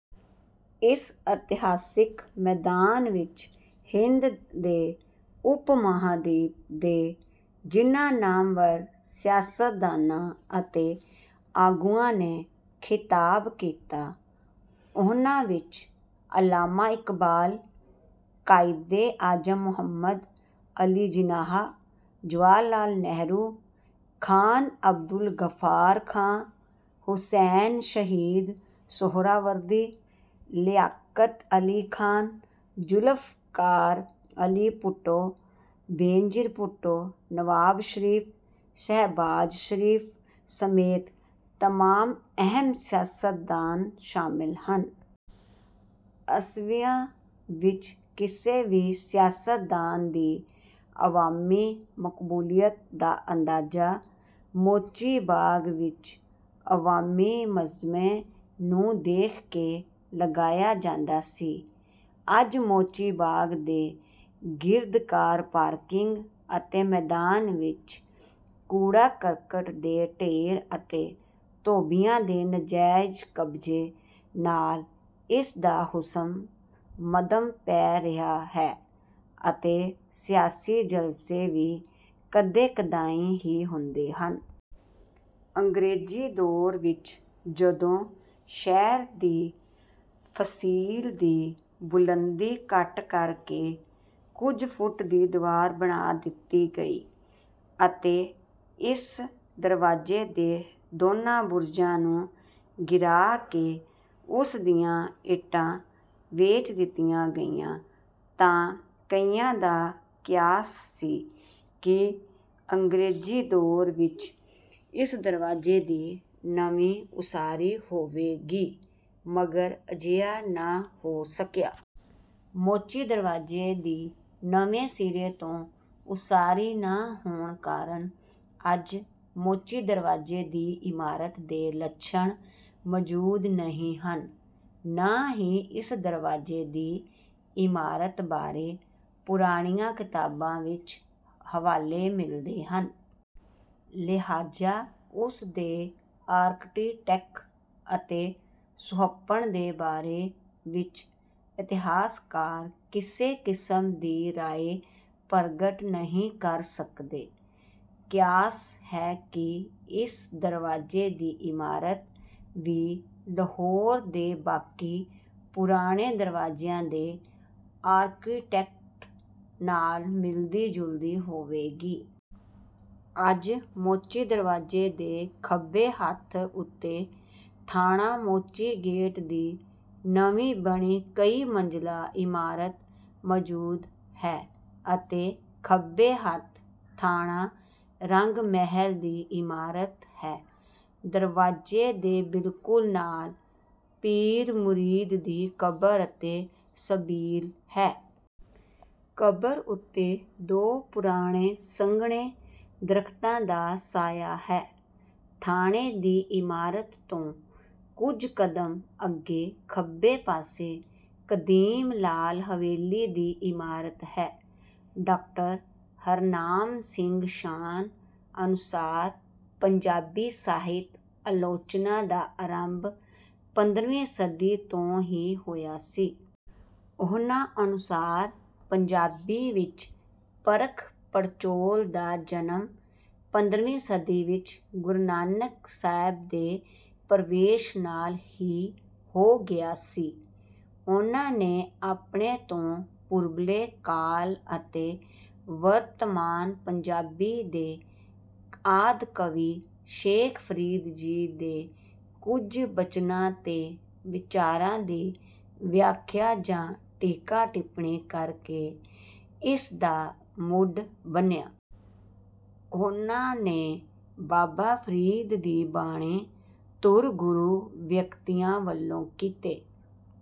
ਇਸ ਇਤਿਹਾਸਕ ਮੈਦਾਨ ਵਿੱਚ ਹਿੰਦ ਦੇ ਉਪ-ਮਹਾਂਦੀਪ ਦੇ ਜਿਨ੍ਹਾਂ ਨਾਮਵਰ ਸਿਆਸਤਦਾਨਾਂ ਅਤੇ ਆਗੂਆਂ ਨੇ ਖ਼ਿਤਾਬ ਕੀਤਾ, ਉਨ੍ਹਾਂ ਵਿੱਚ ਅੱਲਾਮਾ ਇਕਬਾਲ, ਕ਼ਾਇਦੇ ਆਜ਼ਮ ਮੁਹੰਮਦ ਅਲੀ ਜਿਨਾਹ, ਜਵਾਹਰ ਲਾਲ ਨਹਿਰੂ, ਖ਼ਾਨ ਅਬਦੁਲ ਗ਼ੱਫ਼ਾਰ ਖ਼ਾਨ, ਹੁਸੈਨ ਸ਼ਹੀਦ ਸੁਹਰਾਵਰਦੀ, ਲਿਆਕਤ ਅਲੀ ਖ਼ਾਨ, ਜ਼ੁਲਫ਼ਕਾਰ ਅਲੀ ਭੁੱਟੋ, ਬੇਨਜ਼ੀਰ ਭੁੱਟੋ, ਨਵਾਜ਼ ਸ਼ਰੀਫ਼, ਸ਼ਹਿਬਾਜ਼ ਸ਼ਰੀਫ਼ ਸਮੇਤ ਤਮਾਮ ਅਹਿਮ ਸਿਆਸਤਦਾਨ ਸ਼ਾਮਿਲ ਹਨ। ਅੱਸੀਵਿਆਂ ਵਿੱਚ ਕਿਸੇ ਵੀ ਸਿਆਸਤਦਾਨ ਦੀ ਅਵਾਮੀ ਮਕਬੂਲੀਅਤ ਦਾ ਅੰਦਾਜ਼ਾ ਮੋਚੀ ਬਾਗ਼ ਵਿੱਚ ਅਵਾਮੀ ਮਜਮੇ ਨੂੰ ਦੇਖ ਕੇ ਲਗਾਇਆ ਜਾਂਦਾ ਸੀ। ਅੱਜ ਮੋਚੀ ਬਾਗ਼ ਦੇ ਗਿਰਦ ਕਾਰ ਪਾਰਕਿੰਗ ਅਤੇ ਮੈਦਾਨ ਵਿੱਚ ਕੂੜਾ-ਕਰਕਟ ਦੇ ਢੇਰ ਅਤੇ ਧੋਬੀਆਂ ਦੇ ਨਾਜ਼ਾਇਜ਼ ਕਬਜ਼ੇ ਨਾਲ ਇਸ ਦਾ ਹੁਸਨ ਮੱਧਮ ਪੈ ਰਿਹਾ ਹੈ ਅਤੇ ਸਿਆਸੀ ਜਲਸੇ ਵੀ ਕਦੇ-ਕਦਾਈਂ ਹੀ ਹੁੰਦੇ ਹਨ। ਅੰਗਰੇਜ਼ੀ ਦੌਰ ਵਿੱਚ ਜਦੋਂ ਸ਼ਹਿਰ ਦੀ ਫ਼ਸੀਲ ਦੀ ਬੁਲੰਦੀ ਘੱਟ ਕਰ ਕੇ ਕੁਝ ਫੁੱਟ ਦੀ ਦੀਵਾਰ ਬਣਾ ਦਿੱਤੀ ਗਈ ਅਤੇ ਇਸ ਦਰਵਾਜ਼ੇ ਦੇ ਦੋਨਾਂ ਬੁਰਜਾਂ ਨੂੰ ਗਿਰਾ ਕੇ ਉਸ ਦੀਆਂ ਇੱਟਾਂ ਵੇਚ ਦਿੱਤੀਆਂ ਗਈਆਂ, ਤਾਂ ਕਈਆਂ ਦਾ ਕਿਆਸ ਸੀ ਕਿ ਅੰਗਰੇਜ਼ੀ ਦੌਰ ਵਿੱਚ ਇਸ ਦਰਵਾਜ਼ੇ ਦੀ ਨਵੀਂ ਉਸਾਰੀ ਹੋਵੇਗੀ, ਮਗਰ ਅਜਿਹਾ ਨਾ ਹੋ ਸਕਿਆ। ਮੋਚੀ ਦਰਵਾਜ਼ੇ ਦੀ ਨਵੇਂ ਸਿਰੇ ਤੋਂ ਉਸਾਰੀ ਨਾ ਹੋਣ ਕਾਰਨ ਅੱਜ ਮੋਚੀ ਦਰਵਾਜ਼ੇ ਦੀ ਇਮਾਰਤ ਦੇ ਲੱਛਣ ਮੌਜੂਦ ਨਹੀਂ ਹਨ, ਨਾ ਹੀ ਇਸ ਦਰਵਾਜ਼ੇ ਦੀ ਇਮਾਰਤ ਬਾਰੇ ਪੁਰਾਣੀਆਂ ਕਿਤਾਬਾਂ ਵਿੱਚ ਹਵਾਲੇ ਮਿਲਦੇ ਹਨ। ਲਿਹਾਜ਼ਾ ਉਸ ਦੇ ਆਰਕੀਟੈਕਟ ਅਤੇ ਸੁਹੱਪਣ ਦੇ ਬਾਰੇ ਵਿੱਚ ਇਤਿਹਾਸਕਾਰ ਕਿਸੇ ਕਿਸਮ ਦੀ ਰਾਏ ਪ੍ਰਗਟ ਨਹੀਂ ਕਰ ਸਕਦੇ। ਕਿਆਸ ਹੈ ਕਿ ਇਸ ਦਰਵਾਜ਼ੇ ਦੀ ਇਮਾਰਤ ਵੀ ਲਾਹੌਰ ਦੇ ਬਾਕੀ ਪੁਰਾਣੇ ਦਰਵਾਜ਼ਿਆਂ ਦੇ ਆਰਕੀਟੈਕਟ ਨਾਲ ਮਿਲਦੀ-ਜੁਲਦੀ ਹੋਵੇਗੀ। ਅੱਜ ਮੋਚੀ ਦਰਵਾਜ਼ੇ ਦੇ ਖੱਬੇ ਹੱਥ ਉੱਤੇ ਥਾਣਾ ਮੋਚੀ ਗੇਟ ਦੀ ਨਵੀਂ ਬਣੀ ਕਈ-ਮੰਜ਼ਿਲਾ ਇਮਾਰਤ ਮੌਜੂਦ ਹੈ ਅਤੇ ਖੱਬੇ ਹੱਥ ਥਾਣਾ ਰੰਗ-ਮਹਲ ਦੀ ਇਮਾਰਤ ਹੈ। ਦਰਵਾਜ਼ੇ ਦੇ ਬਿਲਕੁਲ ਨਾਲ ਪੀਰ ਮੁਰੀਦ ਦੀ ਕਬਰ ਅਤੇ ਸਬੀਲ ਹੈ। ਕਬਰ ਉੱਤੇ ਦੋ ਪੁਰਾਣੇ ਸੰਘਣੇ ਦਰਖਤਾਂ ਦਾ ਸਾਇਆ ਹੈ। ਥਾਣੇ ਦੀ ਇਮਾਰਤ ਤੋਂ ਕੁਝ ਕ਼ਦਮ ਅੱਗੇ ਖੱਬੇ ਪਾਸੇ ਕਦੀਮ ਲਾਲ ਹਵੇਲੀ ਦੀ ਇਮਾਰਤ ਹੈ। ਡਾਕਟਰ ਹਰਨਾਮ ਸਿੰਘ ਸ਼ਾਨ ਅਨੁਸਾਰ ਪੰਜਾਬੀ ਸਾਹਿਤ-ਆਲੋਚਨਾ ਦਾ ਆਰੰਭ ਪੰਦਰਵੀਂ ਸਦੀ ਤੋਂ ਹੀ ਹੋਇਆ ਸੀ। ਉਨ੍ਹਾਂ ਅਨੁਸਾਰ ਪੰਜਾਬੀ ਵਿੱਚ ਪਰਖ-ਪੜਚੋਲ ਦਾ ਜਨਮ, ਪੰਦਰਵੀਂ ਸਦੀ ਵਿੱਚ ਗੁਰੂ ਨਾਨਕ ਸਾਹਿਬ ਦੇ ਪ੍ਰਵੇਸ਼ ਨਾਲ ਹੀ ਹੋ ਗਿਆ ਸੀ। ਉਨ੍ਹਾਂ ਨੇ ਆਪਣੇ ਤੋਂ ਪੂਰਬਲੇ ਕਾਲ ਅਤੇ ਵਰਤਮਾਨ ਪੰਜਾਬੀ ਦੇ ਆਦਿ ਕਵੀ ਸ਼ੇਖ ਫਰੀਦ ਜੀ ਦੇ ਕੁਝ ਬਚਨਾਂ ਤੇ ਵਿਚਾਰਾਂ ਦੀ ਵਿਆਖਿਆ ਜਾਂ ਟੀਕਾ-ਟਿੱਪਣੀ ਕਰਕੇ ਇਸ ਦਾ ਮੁੱਢ ਬੰਨ੍ਹਿਆ। ਉਨ੍ਹਾਂ ਨੇ ਬਾਬਾ ਫਰੀਦ ਦੀ ਬਾਣੀ ਧੁਰ ਗੁਰੂ ਵਿਅਕਤੀਆਂ ਵੱਲੋਂ ਕੀਤੇ।